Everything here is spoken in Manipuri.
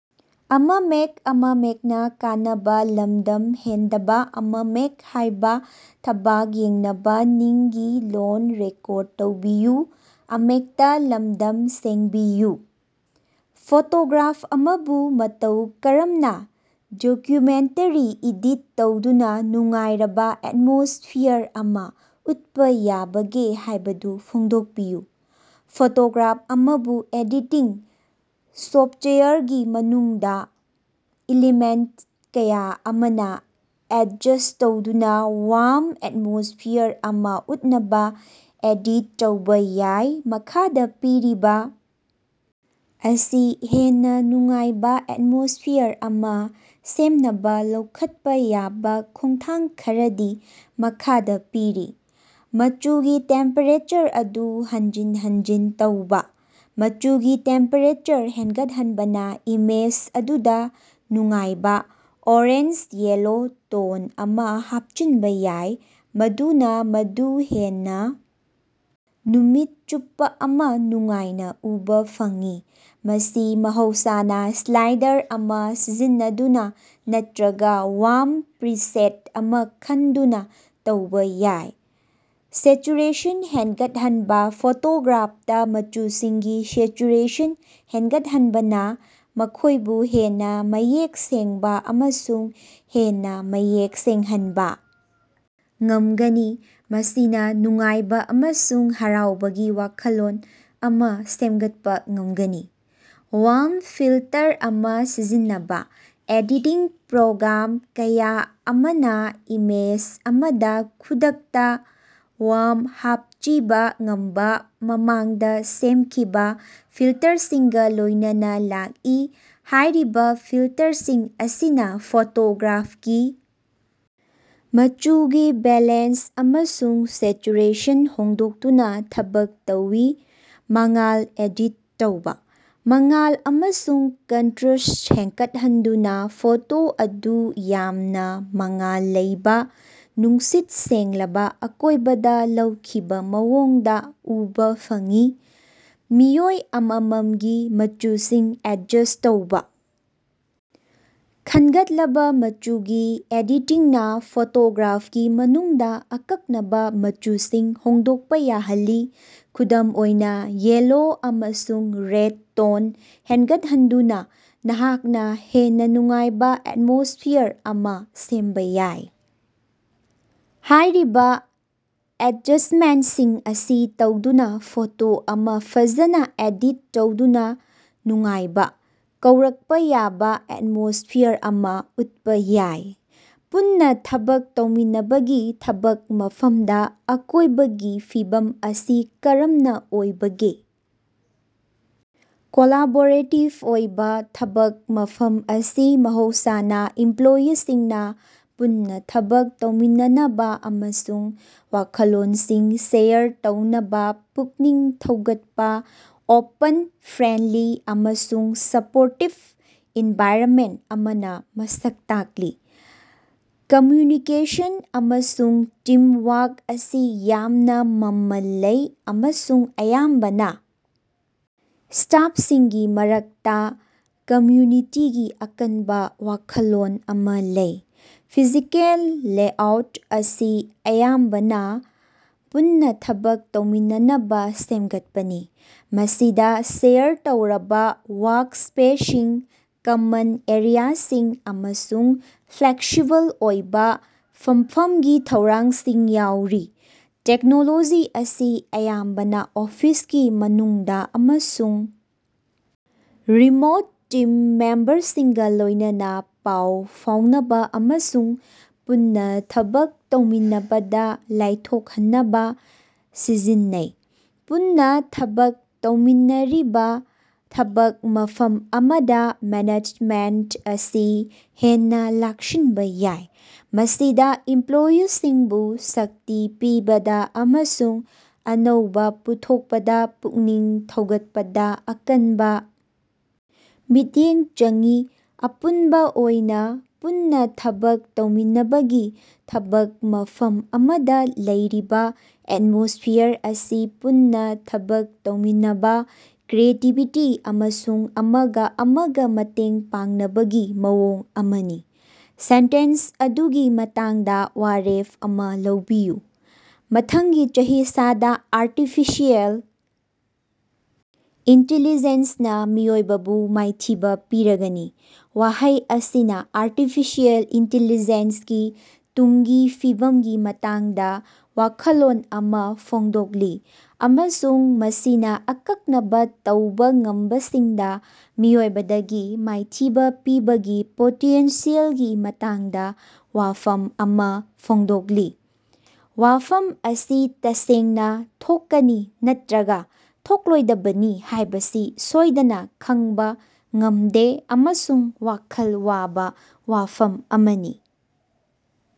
ꯐꯣꯇꯣꯒ꯭ꯔꯥꯐ ꯑꯃꯕꯨ ꯃꯇꯧ ꯀꯔꯝꯅ ꯗꯀꯨꯃꯦꯟꯇꯥꯔꯤ ꯏꯗꯤꯠ ꯇꯧꯗꯨꯅ ꯅꯨꯡꯉꯥꯏꯔꯕ ꯑꯦꯠꯃꯣꯁꯐꯤꯌꯥꯔ ꯑꯃ ꯎꯠꯄ ꯌꯥꯕꯒꯦ ꯍꯥꯏꯕꯗꯨ ꯐꯣꯡꯗꯣꯛꯄꯤꯌꯨ꯫ ꯐꯣꯇꯣꯒ꯭ꯔꯥꯐ ꯑꯃꯕꯨ ꯑꯦꯗꯤꯇꯤꯡ ꯁꯣꯐꯇꯋꯥꯌꯔꯒꯤ ꯃꯅꯨꯡꯗ ꯏꯂꯤꯃꯦꯟꯇ ꯀꯌꯥ ꯑꯃ ꯑꯦꯗꯖꯁ꯭ꯠ ꯇꯧꯗꯨꯅ ꯋꯥ꯭ꯔꯝ ꯑꯦꯇꯃꯣꯁꯐꯤꯌꯥꯔ ꯑꯃ ꯎꯠꯅꯕ ꯑꯦꯗꯤꯠ ꯇꯧꯕ ꯌꯥꯏ꯫ ꯃꯈꯥꯗ ꯄꯤꯔꯤꯕ ꯑꯁꯤ ꯍꯦꯟꯅ ꯅꯨꯡꯉꯥꯏꯕ ꯑꯦꯠꯃꯣꯁꯐꯤꯌꯥꯔ ꯑꯃ ꯁꯦꯝꯅꯕ ꯂꯧꯈꯠꯄ ꯌꯥꯕ ꯈꯣꯡꯊꯥꯡ ꯈꯔꯗꯤ ꯃꯈꯥꯗ ꯄꯤꯔꯤ - ꯃꯆꯨꯒꯤ ꯇꯦꯝꯄꯦꯔꯦꯆꯔ ꯑꯗꯨ ꯍꯟꯖꯤꯟ ꯍꯟꯖꯤꯟ ꯇꯧꯕ -ꯃꯆꯨꯒꯤ ꯇꯦꯝꯄꯦꯔꯦꯆꯔ ꯍꯦꯟꯒꯠꯍꯟꯕꯅ ꯏꯃꯦꯖ ꯑꯗꯨꯗ ꯅꯨꯡꯉꯥꯏꯕ, ꯑꯣꯔꯦꯟꯖ-ꯌꯦꯂꯣ ꯇꯣꯟ ꯑꯃ ꯍꯥꯞꯆꯤꯟꯕ ꯌꯥꯏ, ꯃꯗꯨꯅ ꯃꯗꯨ ꯍꯦꯟꯅ ꯅꯨꯃꯤꯠ ꯆꯨꯞꯄ ꯑꯃ ꯅꯨꯡꯉꯥꯏꯅ ꯎꯕꯥ ꯐꯪꯏ꯫ ꯃꯁꯤ ꯃꯍꯧꯁꯥꯅ ꯁ꯭ꯂꯥꯏꯗꯔ ꯑꯃ ꯁꯤꯖꯤꯟꯅꯗꯨꯅ ꯅꯠꯇꯔꯒ ꯋꯥꯔꯝ ꯄ꯭ꯔꯤꯁꯦꯠ ꯑꯃ ꯈꯟꯗꯨꯅ ꯇꯧꯕ ꯌꯥꯏ꯫ ꯁꯦꯆꯨꯔꯦꯁꯟ ꯍꯦꯟꯒꯠꯍꯟꯕ - ꯐꯣꯇꯣꯒ꯭ꯔꯥꯐꯇꯥ ꯃꯆꯨꯁꯤꯡꯒꯤ ꯁꯦꯆꯨꯔꯦꯁꯟ ꯍꯦꯟꯒꯠꯍꯟꯕꯅ ꯃꯈꯣꯏꯕꯨ ꯍꯦꯟꯅ ꯃꯌꯦꯛ ꯁꯦꯡꯕ ꯑꯃꯁꯨꯡ ꯍꯦꯟꯅ ꯃꯌꯦꯛ ꯁꯦꯡꯍꯟꯕ ꯉꯝꯒꯅꯤ, ꯃꯁꯤꯅ ꯅꯨꯡꯉꯥꯏꯕ ꯑꯃꯁꯨꯡ ꯍꯔꯥꯎꯕꯒꯤ ꯋꯥꯈꯜꯂꯣꯟ ꯑꯃ ꯁꯦꯝꯒꯠꯄ ꯉꯝꯒꯅꯤ꯫ ꯋꯥꯔꯝ ꯐꯤꯜꯇꯔ ꯑꯃ ꯁꯤꯖꯤꯟꯅꯕ - ꯑꯦꯗꯤꯇꯤꯡ ꯄ꯭ꯔꯣꯒ꯭ꯔꯥꯝ ꯀꯌꯥ ꯑꯃꯅ ꯏꯃꯦꯖ ꯑꯃꯗ ꯈꯨꯗꯛꯇ ꯋꯥꯔꯝ ꯍꯥꯞꯆꯤꯕ ꯉꯝꯕ ꯃꯃꯥꯡꯗ ꯁꯦꯝꯈꯤꯕ ꯐꯤꯜꯇꯔꯁꯤꯡꯒ ꯂꯣꯏꯅꯅ ꯂꯥꯛꯏ꯫ ꯍꯥꯏꯔꯤꯕ ꯐꯤꯜꯇꯔꯁꯤꯡ ꯑꯁꯤꯅ ꯐꯣꯇꯣꯒ꯭ꯔꯥꯐꯀꯤ ꯃꯆꯨꯒꯤ ꯕꯦꯂꯦꯟꯁ ꯑꯃꯁꯨꯡ ꯁꯦꯆꯨꯔꯦꯁꯟ ꯍꯣꯡꯗꯣꯛꯇꯨꯅ ꯊꯕꯛ ꯇꯧꯏ꯫ ꯃꯉꯥꯜ ꯑꯦꯗꯤꯠ ꯇꯧꯕ - ꯃꯉꯥꯜ ꯑꯃꯁꯨꯡ ꯀꯟꯇꯔ꯭ꯁꯠ ꯍꯦꯟꯒꯠꯍꯟꯗꯨꯅ ꯐꯣꯇꯣ ꯑꯗꯨ ꯌꯥꯝꯅ ꯃꯉꯥꯜ ꯂꯩꯕ, ꯅꯨꯡꯁꯤꯠ ꯁꯦꯡꯂꯕ ꯑꯀꯣꯏꯕꯗ ꯂꯧꯈꯤꯕ ꯃꯑꯣꯡꯗ‌ ꯎꯕꯥ ꯐꯪꯏ꯫ ꯃꯤꯑꯣꯏ ꯑꯃꯃꯝꯒꯤ ꯃꯆꯨꯁꯤꯡ ꯑꯦꯗꯖꯁ꯭ꯠ ꯇꯧꯕ - ꯈꯟꯒꯠꯂꯕ ꯃꯆꯨꯒꯤ ꯑꯦꯗꯤꯇꯤꯡꯅ ꯐꯣꯇꯣꯒ꯭ꯔꯥꯐꯀꯤ ꯃꯅꯨꯡꯗ ꯑꯀꯛꯅꯕ ꯃꯆꯨꯁꯤꯡ ꯍꯣꯡꯗꯣꯛꯄ ꯌꯥꯍꯜꯂꯤ꯫ ꯈꯨꯗꯝ ꯑꯣꯏꯅ, ꯌꯦꯜꯂꯣ ꯑꯃꯁꯨꯡ ꯔꯦꯗ ꯇꯣꯟ ꯍꯦꯟꯒꯠꯍꯟꯗꯨꯅ ꯅꯍꯥꯛꯅ ꯍꯦꯟꯅ ꯅꯨꯡꯉꯥꯏꯕ ꯑꯦꯠꯃꯣꯁ꯭ꯐꯤꯌꯥꯔ ꯑꯃ ꯁꯦꯝꯕ ꯌꯥꯏ꯫ ꯍꯥꯏꯔꯤꯕ ꯑꯦꯗꯖꯁ꯭ꯇꯃꯦꯟꯇꯁꯤꯡ ꯑꯁꯤ ꯇꯧꯗꯨꯅ ꯐꯣꯇꯣ ꯑꯃ ꯐꯖꯅ ꯑꯦꯗꯤꯠ ꯇꯧꯗꯨꯅ ꯅꯨꯡꯉꯥꯏꯕ, ꯀꯧꯔꯛꯄ ꯌꯥꯕ ꯑꯦꯠꯃꯣꯁ꯭ꯐꯤꯌꯥꯔ ꯑꯃ ꯎꯠꯄ ꯌꯥꯏ꯫ ꯄꯨꯟꯅ ꯊꯕꯛ ꯇꯧꯃꯤꯟꯅꯕꯒꯤ ꯊꯕꯛ ꯃꯐꯝꯗ ꯑꯀꯣꯏꯕꯒꯤ ꯐꯤꯕꯝ ꯑꯁꯤ ꯀꯔꯝꯅ ꯑꯣꯏꯕꯒꯦ? ꯀꯣꯂꯥꯕꯣꯔꯦꯇꯤꯕ ꯑꯣꯏꯕ ꯊꯕꯛ ꯃꯐꯝ ꯑꯁꯤ ꯃꯍꯧꯁꯥꯅ ꯏꯝꯄ꯭ꯂꯣꯌꯤꯁꯤꯡꯅ ꯄꯨꯟꯅ ꯊꯕꯛ ꯇꯧꯃꯤꯟꯅꯅꯕ ꯑꯃꯁꯨꯡ ꯋꯥꯈꯜꯂꯣꯟꯁꯤꯡ ꯁꯦꯌꯔ ꯇꯧꯅꯕ ꯄꯨꯛꯅꯤꯡ ꯊꯧꯒꯠꯄ ꯑꯣꯄꯟ, ꯐ꯭ꯔꯦꯟꯗꯂꯤ ꯑꯃꯁꯨꯡ ꯁꯄꯣꯔꯇꯤꯕ ꯑꯦꯟꯚꯥꯏꯔꯟꯃꯦꯟꯇ ꯑꯃꯅ ꯃꯁꯛ ꯇꯥꯛꯂꯤ꯫ ꯀꯝꯃ꯭ꯌꯨꯅꯤꯀꯦꯁꯟ ꯑꯃꯁꯨꯡ ꯇꯤꯝꯋꯥꯔꯛ ꯑꯁꯤ ꯌꯥꯝꯅ ꯃꯃꯜ ꯂꯩ, ꯑꯃꯁꯨꯡ ꯑꯌꯥꯝꯕꯅ ꯁ꯭ꯇꯥꯐꯁꯤꯡꯒꯤ ꯃꯔꯛꯇ ꯀꯝꯃ꯭ꯌꯨꯅꯤꯇꯤꯒꯤ ꯑꯀꯟꯕ ꯋꯥꯈꯜꯂꯣꯟ ꯑꯃ ꯂꯩ꯫ ꯐꯤꯖꯤꯀꯦꯜ ꯂꯦꯑꯥꯎꯠ ꯑꯁꯤ ꯑꯌꯥꯝꯕꯅ ꯄꯨꯟꯅ ꯊꯕꯛ ꯇꯧꯃꯤꯟꯅꯅꯕ ꯁꯦꯝꯒꯠꯄꯅꯤ, ꯃꯁꯤꯗ ꯁꯦꯌꯔ ꯇꯧꯔꯕ ꯋꯥꯔꯛꯁ꯭ꯄꯦꯁꯁꯤꯡ, ꯀꯃꯟ ꯑꯦꯔꯤꯌꯥꯁꯤꯡ, ꯑꯃꯁꯨꯡ ꯐ꯭ꯂꯦꯛꯁꯤꯕꯜ ꯑꯣꯏꯕ ꯐꯝꯐꯝꯒꯤ ꯊꯧꯔꯥꯡꯁꯤꯡ ꯌꯥꯎꯔꯤ꯫ ꯇꯦꯛꯅꯣꯂꯣꯖꯤ ꯑꯁꯤ ꯑꯌꯥꯝꯕꯅ ꯑꯣꯐꯤꯁꯀꯤ ꯃꯅꯨꯡꯗ ꯑꯃꯁꯨꯡ ꯔꯤꯃꯣꯠ ꯇꯤꯝ ꯃꯦꯝꯕꯔꯁꯤꯡꯒ ꯂꯣꯏꯅꯅ ꯄꯥꯎ ꯐꯥꯎꯅꯕ ꯑꯃꯁꯨꯡ ꯄꯨꯟꯅ ꯊꯕꯛ ꯇꯧꯃꯤꯟꯅꯕꯗ ꯂꯥꯏꯊꯣꯛꯍꯟꯅꯕ ꯁꯤꯖꯤꯟꯅꯩ꯫ ꯄꯨꯟꯅ ꯊꯕꯛ ꯇꯧꯃꯤꯟꯅꯔꯤꯕ ꯊꯕꯛ ꯃꯐꯝ ꯑꯃꯗ ꯃꯦꯅꯦꯖꯃꯦꯟꯇ ꯑꯁꯤ ꯍꯦꯟꯅ ꯂꯥꯛꯁꯤꯟꯕ ꯌꯥꯏ, ꯃꯁꯤꯗ ꯏꯝꯄ꯭ꯂꯣꯌꯤꯁꯤꯡꯕꯨ ꯁꯛꯇꯤ ꯄꯤꯕꯗ ꯑꯃꯁꯨꯡ ꯑꯅꯧꯕ ꯄꯨꯊꯣꯛꯄꯗ ꯄꯨꯛꯅꯤꯡ ꯊꯧꯒꯠꯄꯗ ꯑꯀꯟꯕ ꯃꯤꯠꯌꯦꯡ ꯆꯪꯏ꯫ ꯑꯄꯨꯟꯕ ꯑꯣꯏꯅ, ꯄꯨꯟꯅ ꯊꯕꯛ ꯇꯧꯃꯤꯟꯅꯕꯒꯤ ꯊꯕꯛ ꯃꯐꯝ ꯑꯃꯗ ꯂꯩꯔꯤꯕ ꯑꯦꯠꯃꯣꯁ꯭ꯐꯤꯌꯥꯔ ꯑꯁꯤ ꯄꯨꯟꯅ ꯊꯕꯛ ꯇꯧꯃꯤꯟꯅꯕ, ꯀ꯭ꯔꯤꯌꯦꯇꯤꯕꯤꯇꯤ ꯑꯃꯁꯨꯡ ꯑꯃꯒ ꯑꯃꯒ ꯃꯇꯦꯡ ꯄꯥꯡꯅꯕꯒꯤ ꯃꯑꯣꯡ ꯑꯃꯅꯤ꯫ ꯁꯦꯟꯇꯦꯟꯁ ꯑꯗꯨꯒꯤ ꯃꯇꯥꯡꯗ ꯋꯥꯔꯦꯞ ꯑꯃ ꯂꯧꯕꯤꯌꯨ꯫ ꯃꯊꯪꯒꯤ ꯆꯍꯤꯆꯥꯗ ꯑꯥꯔꯇꯤꯐꯤꯁꯤꯑꯦꯜ ꯏꯟꯇꯦꯂꯤꯖꯦꯟꯁꯅ ꯃꯤꯑꯣꯏꯕꯕꯨ ꯃꯥꯏꯊꯤꯕ ꯄꯤꯔꯒꯅꯤ꯫ ꯋꯥꯍꯩ ꯑꯁꯤꯅ ꯑꯥꯔꯇꯤꯐꯤꯁꯤꯑꯦꯜ ꯏꯟꯇꯦꯂꯤꯖꯦꯟꯁꯀꯤ ꯇꯨꯡꯒꯤ ꯐꯤꯕꯝꯒꯤ ꯃꯇꯥꯡꯗ ꯋꯥꯈꯜꯂꯣꯟ ꯑꯃ ꯐꯣꯡꯗꯣꯛꯂꯤ ꯑꯃꯁꯨꯡ ꯃꯁꯤꯅ ꯑꯀꯛꯅꯕ ꯇꯧꯕ ꯉꯝꯕꯁꯤꯡꯗ ꯃꯤꯑꯣꯏꯕꯗꯒꯤ ꯃꯥꯏꯊꯤꯕ ꯄꯤꯕꯒꯤ ꯄꯣꯇꯦꯟꯁꯤꯌꯦꯜꯒꯤ ꯃꯇꯥꯡꯗ ꯋꯥꯐꯝ ꯑꯃ ꯐꯣꯡꯗꯣꯛꯂꯤ꯫ ꯋꯥꯐꯝ ꯑꯁꯤ ꯇꯁꯦꯡꯅ ꯊꯣꯛꯀꯅꯤ ꯅꯠꯇꯔꯒ ꯊꯣꯛꯂꯣꯏꯗꯕꯅꯤ ꯍꯥꯏꯕꯁꯤ ꯁꯣꯏꯗꯅ ꯈꯪꯕ ꯉꯝꯗꯦ ꯑꯃꯁꯨꯡ ꯋꯥꯈꯜ ꯋꯥꯕ ꯋꯥꯐꯝ ꯑꯃꯅꯤ꯫